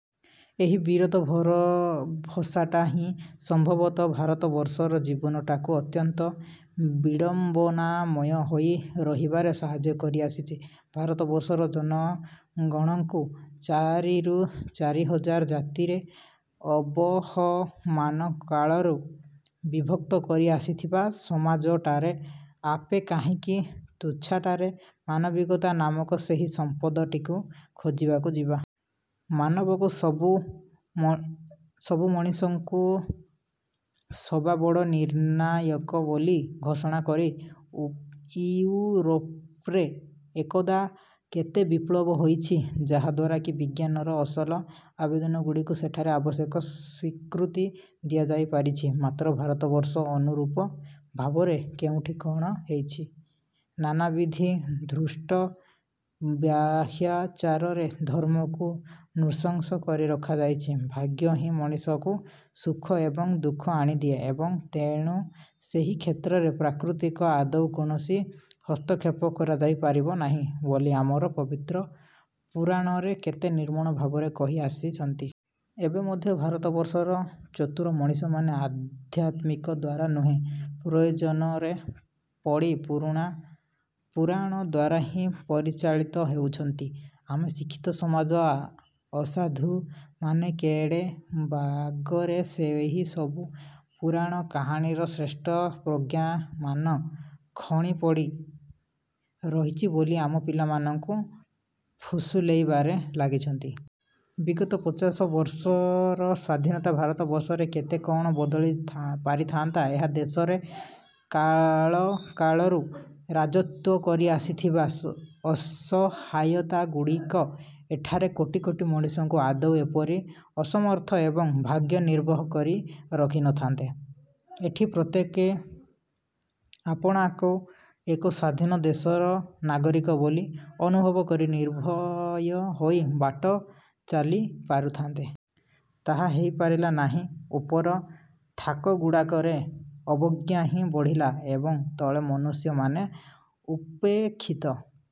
ଏହି ବିରୋଧ ଭର ଭସାଟା ହିଁ ସମ୍ଭବତଃ ଭାରତବର୍ଷର ଜୀବନଟାକୁ ଅତ୍ୟନ୍ତ ବିଡ଼ମ୍ବନାମୟ ହୋଇ ରହିବାରେ ସାହାଯ୍ୟ କରି ଆସିଛି। ଭାରତବର୍ଷର ଜନଗଣଙ୍କୁ ଚାରିରୁ ଚାରି ହଜାର ଜାତିରେ ଅବହମାନ କାଳରୁ ବିଭକ୍ତ କରି ଆସିଥିବା ସମାଜଟାରେ ଆପେ କାହିଁକି ତୁଛାଟାରେ ମାନବିକତା ନାମକ ସେହି ସମ୍ପଦଟିକୁ ଖୋଜିବାକୁ ଯିବା? ମାନବକୁ ସବୁ ମ ସବୁ ମଣିଷଙ୍କୁ ସବା ବଡ଼ ନିର୍ଣ୍ଣାୟକ ବୋଲି ଘୋଷଣା କରି ଉ ଇଉରୋପରେ ଏକଦା କେତେ ବିପ୍ଳବ ହୋଇଛି। ଯାହାଦ୍ୱାରା କି ବିଜ୍ଞାନର ଅସଲ ଆବେଦନଗୁଡ଼ିକୁ ସେଠାରେ ଆବଶ୍ୟକ ସ୍ୱୀକୃତି ଦିଆଯାଇ ପାରିଛି। ମାତ୍ର ଭାରତବର୍ଷ ଅନୁରୂପ ଭାବରେ କେଉଁଠି କ'ଣ ହୋଇଛି? ନାନାବିଧ ଧୃଷ୍ଟ ବାହ୍ୟାଚାରରେ ଧର୍ମକୁ ନୃଶଂସ କରି ରଖାଯାଇଛି। ଭାଗ୍ୟ ହିଁ ମଣିଷକୁ ସୁଖ ଏବଂ ଦୁଃଖ ଆଣିଦିଏ ଏବଂ ତେଣୁ ସେହି କ୍ଷେତ୍ରରେ ପ୍ରାକୃତିକ ଆଦୌ କୌଣସି ହସ୍ତକ୍ଷେପ କରାଯାଇ ପାରିବ ନାହିଁ ବୋଲି ଆମର ପବିତ୍ର ପୁରାଣରେ କେତେ ନିର୍ମଣ ଭାବରେ କହି ଆସିଛନ୍ତି। ଏବେ ମଧ୍ୟ ଭାରତବର୍ଷର ଚତୁର ମଣିଷମାନେ ଅଧ୍ୟାତ୍ମିକ ଦ୍ଵାରା ନୁହେଁ ପ୍ରୟୋଜନରେ ପଡ଼ି ପୁରୁଣା ପୁରାଣ ଦ୍ଵାରା ହିଁ ପରିଚାଳିତ ହେଉଛନ୍ତି। ଆମ ଶିକ୍ଷିତ ସମାଜ ଅସାଧୁମାନେ କେଡ଼େ ବାଗରେ ସେହିସବୁ ପୁରାଣ କାହାଣୀର ଶ୍ରେଷ୍ଠ ପ୍ରଜ୍ଞାମାନ ଖଣି ପଡ଼ି ରହିଛି ବୋଲି ଆମ ପିଲାମାନଙ୍କୁ ଫୁସୁଲେଇବାରେ ଲାଗିଛନ୍ତି। ବିଗତ ପଚାଶ ବର୍ଷର ସ୍ଵାଧୀନତା ଭାରତବର୍ଷରେ କେତେ କ'ଣ ବଦଳି ଥା ପାରିଥାନ୍ତା। ଏହା ଦେଶରେ କାଳକାଳରୁ ରାଜତ୍ଵ କରି ଆସିଥିବା ସ ଅସହାୟତା ଗୁଡ଼ିକ ଏଠାରେ କୋଟି କୋଟି ମଣିଷଙ୍କୁ ଆଦୌ ଏପରି ଅସମର୍ଥ ଏବଂ ଭାଗ୍ୟନିର୍ଭର କରି ରଖିନଥାନ୍ତେ। ଏଠି ପ୍ରତ୍ୟେକେ ଆପଣାକୁ ଏକ ସ୍ୱାଧୀନ ଦେଶର ନାଗରିକ ବୋଲି ଅନୁଭବ କରି ନିର୍ଭୟ ହୋଇ ବାଟ ଚାଲି ପାରୁଥାନ୍ତେ। ତାହା ହେଇପାରିଲା ନାହିଁ। ଉପର ଥାକଗୁଡାକରେ ଅବଜ୍ଞା ହିଁ ବଢ଼ିଲା ଏବଂ ତଳେ ମନୁଷ୍ୟମାନେ ଉପେକ୍ଷିତ ।